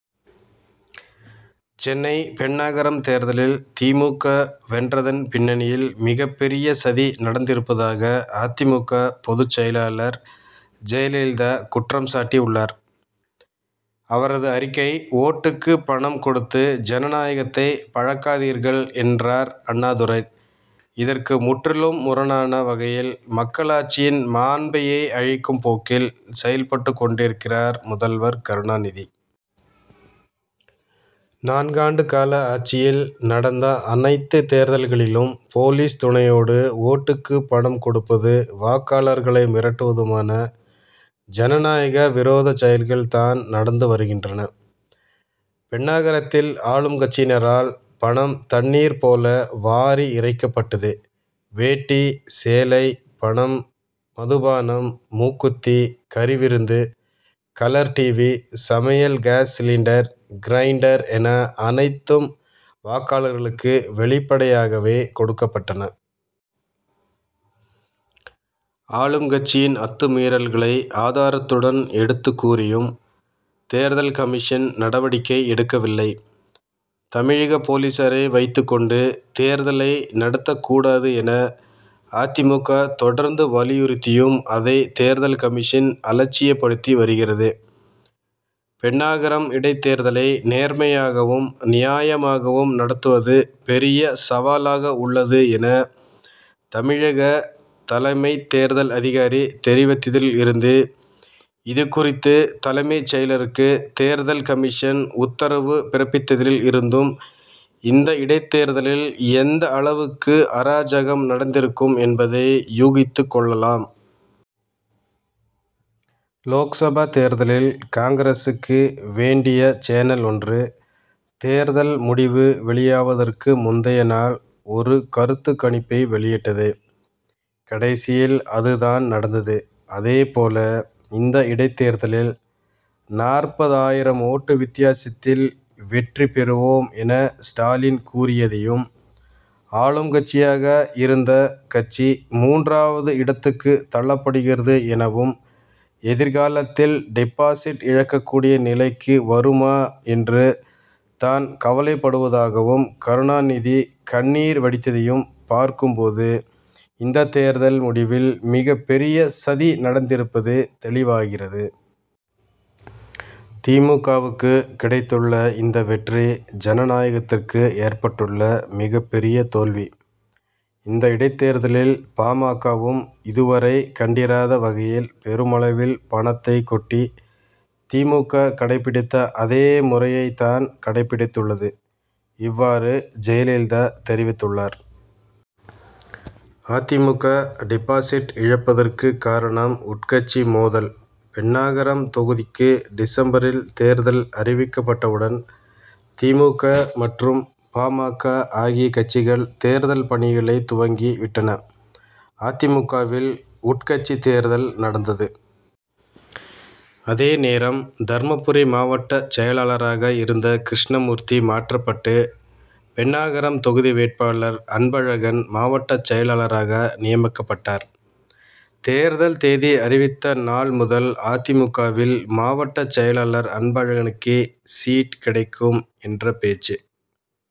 சென்னை பென்னாகரம் தேர்தலில் தி. மு. க. வென்றதன் பின்னணியில் மிகப் பெரிய சதி நடந்திருப்பதாக அ. தி. மு. க. பொதுச் செயலர் ஜெயலலிதா குற்றம்சாட்டி உள்ளார். அவரது அறிக்கை:ஓட்டுக்கு பணம் கொடுத்து ஜனநாயகத்தை பழக்காதீர்கள் என்றார் அண்ணாதுரை. இதற்கு முற்றிலும் முரணான வகையில் மக்களாட்சியின் மாண்பையே அழிக்கும் போக்கில் செயல்பட்டுக் கொண்டிருக்கிறார் முதல்வர் கருணாநிதி. நான்காண்டு கால ஆட்சியில் நடந்த அனைத்து தேர்தல்களிலும் போலீஸ் துணையோடு ஓட்டுக்கு பணம் கொடுப்பதும் வாக்காளர்களை மிரட்டுவதுமான ஜனநாயக விரோதச் செயல்கள் தான் நடந்து வருகின்றன. பென்னாகரத்தில் ஆளுங்கட்சியினரால் பணம் தண்ணீர் போல வாரி இறைக்கப்பட்டது. வேட்டி, சேலை, பணம், மதுபானம், மூக்குத்தி, கறி விருந்து, கலர் டிவி சமையல் காஸ் சிலிண்டர் கிரைண்டர் என அனைத்தும் வாக்காளர்களுக்கு வெளிப்படையாகவே கொடுக்கப்பட்டன. ஆளுங்கட்சியின் அத்துமீறல்களை ஆதாரத்துடன் எடுத்துக் கூறியும் தேர்தல் கமிஷன் நடவடிக்கை எடுக்கவில்லை. தமிழக போலீசாரை வைத்துக்கொண்டு தேர்தலை நடத்தக் கூடாது என அ. தி. மு. க தொடர்ந்து வலியுறுத்தியும் அதை தேர்தல் கமிஷன் அலட்சியப்படுத்தி வருகிறது. பென்னாகரம் இடைத்தேர்தலை நேர்மையாகவும் நியாயமாகவும் நடத்துவது பெரிய சவாலாக உள்ளது என தமிழகத் தலைமைத் தேர்தல் அதிகாரி தெரிவித்ததில் இருந்தும் இதுகுறித்து தலைமைச் செயலருக்கு தேர்தல் கமிஷன் உத்தரவு பிறப்பித்ததில் இருந்தும் இந்த இடைத்தேர்தலில் எந்த அளவுக்கு அராஜகம் நடந்திருக்கும் என்பதை யூகித்துக் கொள்ளலாம். லோக்சபா தேர்தலில் காங்கிரசுக்கு வேண்டிய சேனல் ஒன்று தேர்தல் முடிவு வெளியாவதற்கு முந்தைய நாள் ஒரு கருத்துக் கணிப்பை வெளியிட்டது. கடைசியில் அது தான் நடந்தது. அதே போல இந்த இடைத்தேர்தலில் நாற்பது ஆயிரம் ஓட்டு வித்தியாசத்தில் வெற்றி பெறுவோம் என ஸ்டாலின் கூறியதையும் ஆளுங்கட்சியாக இருந்த கட்சி மூன்றாவது இடத்துக்கு தள்ளப்படுகிறது எனவும் எதிர்காலத்தில் டிபாசிட் இழக்கக்கூடிய நிலைக்கு வருமா என்று தான் கவலைப்படுவதாகவும் கருணாநிதி கண்ணீர் வடித்ததையும் பார்க்கும் போது இந்தத் தேர்தல் முடிவில் மிகப் பெரிய சதி நடந்திருப்பது தெளிவாகிறது. தி. மு. க.வுக்கு கிடைத்துள்ள இந்த வெற்றி ஜனநாயகத்துக்கு ஏற்பட்டுள்ள மிகப் பெரிய தோல்வி. இந்த இடைத்தேர்தலில் பா. ம. க.வும் இதுவரை கண்டிராத வகையில் பெருமளவில் பணத்தைக் கொட்டி தி. மு. க. கடைபிடித்த அதே முறையைத் தான் கடைபிடித்துள்ளது. இவ்வாறு ஜெயலலிதா தெரிவித்துள்ளார். அ. தி. மு. க. டிபாசிட் இழப்பதற்கு காரணம் உட்கட்சி மோதல் பென்னாகரம் தொகுதிக்கு டிசம்பரில் தேர்தல் அறிவிக்கப்பட்டவுடன் தி. மு. க. மற்றும் பா. ம. க. ஆகிய கட்சிகள் தேர்தல் பணிகளை துவங்கி விட்டன. அ. தி. மு. க.வில் உட்கட்சி தேர்தல் நடந்தது. அதே நேரம் தர்மபுரி மாவட்ட செயலராக இருந்த கிருஷ்ணமூர்த்தி மாற்றப்பட்டு பென்னாகரம் தொகுதி வேட்பாளர் அன்பழகன் மாவட்டச் செயலராக நியமிக்கப்பட்டார். தேர்தல் தேதி அறிவித்த நாள் முதல் அ. தி. மு. க.வில் மாவட்ட செயலர் அன்பழகனுக்கே சீட் கிடைக்கும் என்ற பேச்சு